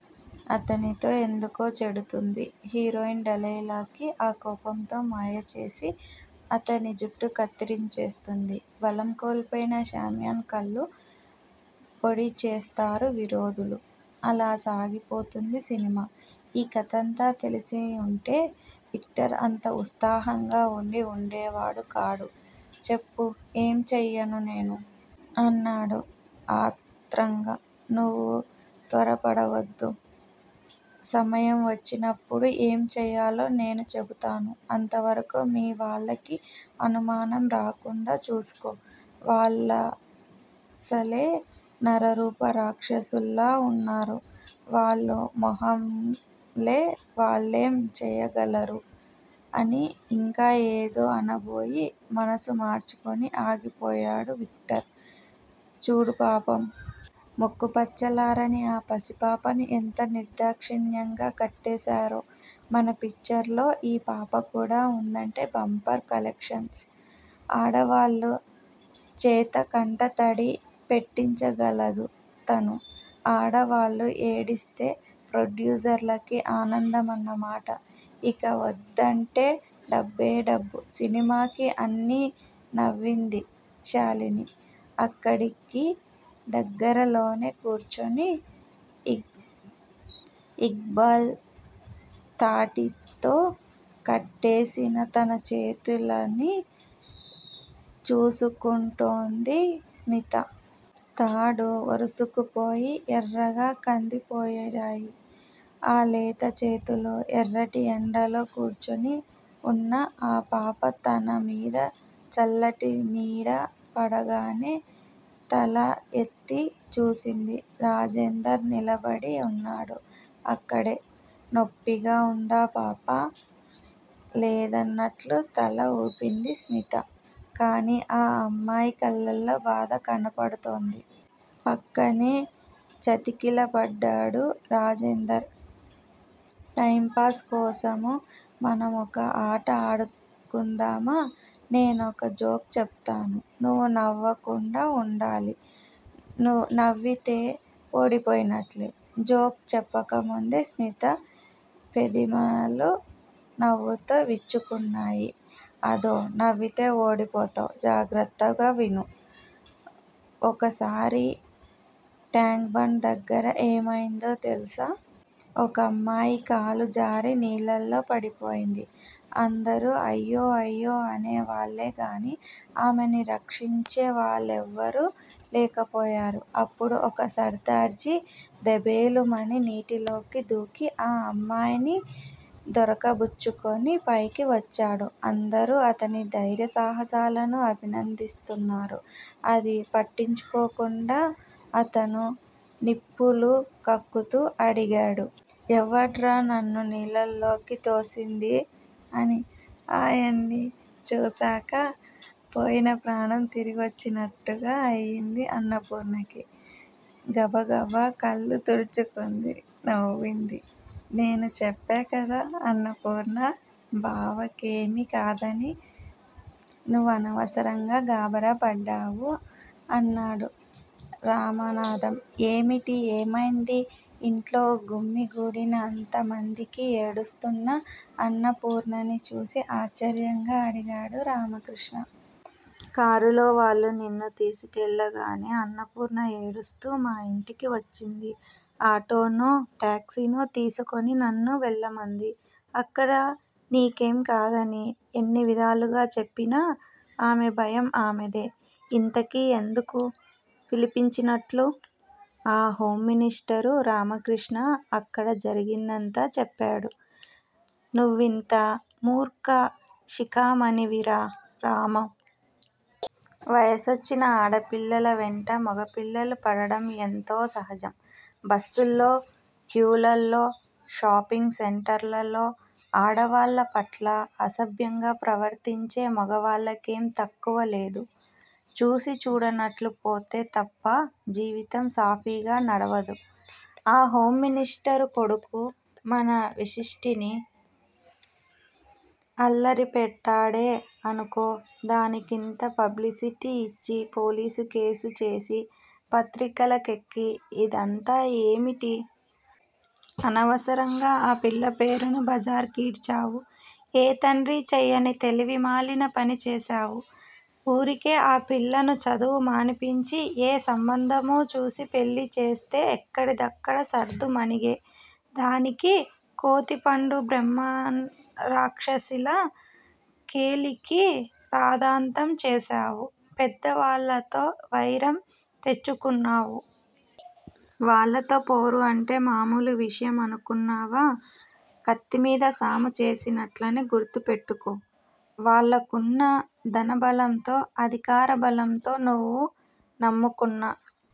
అతనితో ఎందుకో చెడుతుంది. హీరోయిన్ డెలైలాకి. ఆ కోపంతో మాయచేసి, అతని జుట్టు కత్తిరించేస్తుంది. బలం కోల్పోయిన శామ్సన్ కళ్ళు పొడిచేస్తారు విరోధులు. అలా సాగిపోతుంది సినిమా. ఈ కథంతా తెలిసి ఉంటే, విక్టర్ అంత ఉత్సాహంగా ఉండి ఉండేవాడు కాడు. చెప్పు! ఏం చెయ్యను నేను! అన్నాడు ఆత్రంగా. నువ్వు త్వరపడవద్దు, సమయం వచ్చినప్పుడు ఏం చెయ్యాలో నేను చెబుతాను- అంతవరకూ మీ వాళ్ళకి అనుమానం రాకుండా చూసుకో! వాళ్ళసలే నరరూప రాక్షసుల్లా ఉన్నారు వాళ్ళ మొహంలే! వాళ్ళేం చెయ్యగలరు! అని ఇంకా ఏదో అనబోయి, మనసు మార్చుకుని ఆగిపోయాడు విక్టర్. చూడు పాపం! ముక్కు పచ్చలారని ఆ పసిపాపను ఎంత నిర్దాక్షిణ్యంగా కట్టేశారో! మన పిక్చర్లో ఈ పాపకూడా ఉందంటే బంపర్ కలెక్షన్స్! ఆడవాళ్ళ చేత కంటతడి పెట్టించగలదు తను! ఆడవాళ్ళు ఏడిస్తే ప్రొడ్యూసర్లకి ఆనందమన్న మాట! ఇక వద్దంటే డబ్బే డబ్బు సినిమాకి అని నవ్వింది శాలిని. అక్కడికి దగ్గరలోనే కూర్చుని, ఇక్బాల్ తాటితో కట్టేసిన తన చేతులని చూసుకుంటోంది స్మిత. తాడు ఒరుసుకుపోయి ఎర్రగా కందిపోయాయి, ఆ లేత చేతులు. ఎర్రటి ఎండలో కూర్చుని ఉన్న ఆ పాప, తనమీద చల్లటి నీడ పడగానే తల ఎత్తి చూసింది. రాజేందర్ నిలబడి ఉన్నాడు అక్కడే. నొప్పిగా ఉందా పాపా? లేదన్నట్లు తల ఊపింది స్మిత. కానీ ఆ అమ్మాయి కళ్ళలో బాధ కనబడుతోంది. పక్కనే చతికిల బడ్డాడు రాజేందర్. టైంపాస్ కోసం మనమొక ఆట ఆడుకుందామా? నేనొక జోక్ చెబుతాను. నువ్వు నవ్వకుండా ఉండాలి. నవ్వితే ఓడిపోయినట్లే! జోక్ చెప్పకముందే స్మిత పెదిమలు నవ్వుతో విచ్చుకున్నాయి. అదో! నవ్వితే ఓడిపోతావ్! జాగ్రత్త! విను. ఒకసారి టాంక్ బండ్ దగ్గర ఏమయిందో తెలుసా? ఒకమ్మాయి కాలు జారి నీళ్ళలో పడిపోయింది. అందరూ అయ్యో అయ్యో అనేవాళ్ళే గాని ఆమెని రక్షించే వాళ్ళెవరూ లేకపోయారు. అప్పుడు ఒక సర్దార్జీ దభేలుమని నీ టిలోకి దూకి, ఆ అమ్మాయిని దొరకబుచ్చుకుని, పైకి వచ్చాడు. అందరూ అతని ధైర్య సాహసాలను అభినందిస్తున్నారు. అది పట్టించుకోకుండా అతను నిప్పులు కక్కుతూ అడిగాడు. 'ఎవడ్రా నన్ను నీళ్ళలోకి తోసిందీ' అని ఆయన్ని చూశాక పోయిన ప్రాణం తిరిగివచ్చినట్టుగా అయింది అన్నపూర్ణకి. గబగబా కళ్ళు తుడుచుకుని నవ్వింది. నేను చెప్పాకదా అన్నపూర్ణా! బావకేమీ కాదని? నువ్వనవసరంగా గాబరా పడ్డావు! అన్నాడు రామనాధం. ఏమిటీ? ఏమైందీ? ఇంట్లో గుమి గూడిన అంత మంది కి, ఏడుస్తూన్న అన్నపూర్ణనీ చూసి ఆశ్చర్యంగా అడిగాడు రామకృష్ణ. కారులో వాళ్ళు నిన్ను తీసుకెళ్ళగానే అన్నపూర్ణ ఏడుస్తూ మా ఇంటికి వచ్చింది. ఆటోనో, టాక్సీనో తీసుకొని నన్ను వెళ్ళమంది. అక్కడ నీకేం కాదని ఎన్నివిధాలుగా చెప్పినా ఆమె భయం ఆమెదే! ఇంతకీ ఎందుకు పిలిపించినట్లు ఆ హోంమినిస్టరు? రామకృష్ణ అక్కడ జరిగిందంతా చెప్పాడు. నువ్వింత మూర్ఖశిఖామణివిరా రామం! వయసొచ్చిన ఆడపిల్లల వెంట మగ పిల్లలు పడడం ఎంతో సహజం. బస్సుల్లో క్యూలలో, షాపింగ్ సెంటర్లలో ఆడవాళ్ళ పట్ల అసభ్యంగా ప్రవర్తించే మగవాళ్ళకేం తక్కువ లేదు. చూసీ చూడనట్లు పోతే తప్ప జీవితం సాఫీగా నడవదు. ఆ హోంమినిస్టరు కొడుకు మన విశిష్టని అల్లరి పెట్టాడే అనుకో దానికింత పబ్లిసిటీ ఇచ్చి పోలీసు కేసు చేసి పత్రికలకెక్కి ఇదంతా ఏమిటి? అనవసరంగా ఆ పిల్ల పేరును బజారుకీడ్చావు! ఏ తండ్రీ చెయ్యని తెలివి మాలిన పని చేశావు. ఊరికే ఆ పిల్లను చదువు మానిపించి, ఏ సంబంధమో చూసి పెళ్ళి చేస్తే ఎక్కడిదక్కడ సద్దుమణిగే దానికి కోతి పుండు బ్రహ్మరాక్షసిలా కెలికి రాద్దాంతం చేశావు. పెద్దవాళ్ళతో వైరం తెచ్చుకున్నావు. వాళ్ళతో పోరు అంటే మామూలు విషయం అనుకొన్నావా? కత్తిమీద సాము చేసినట్లని గుర్తుపెట్టుకో. వాళ్ళకున్న ధనబలంతో, అధికార బలంతో నువ్వు నమ్ముకొన్న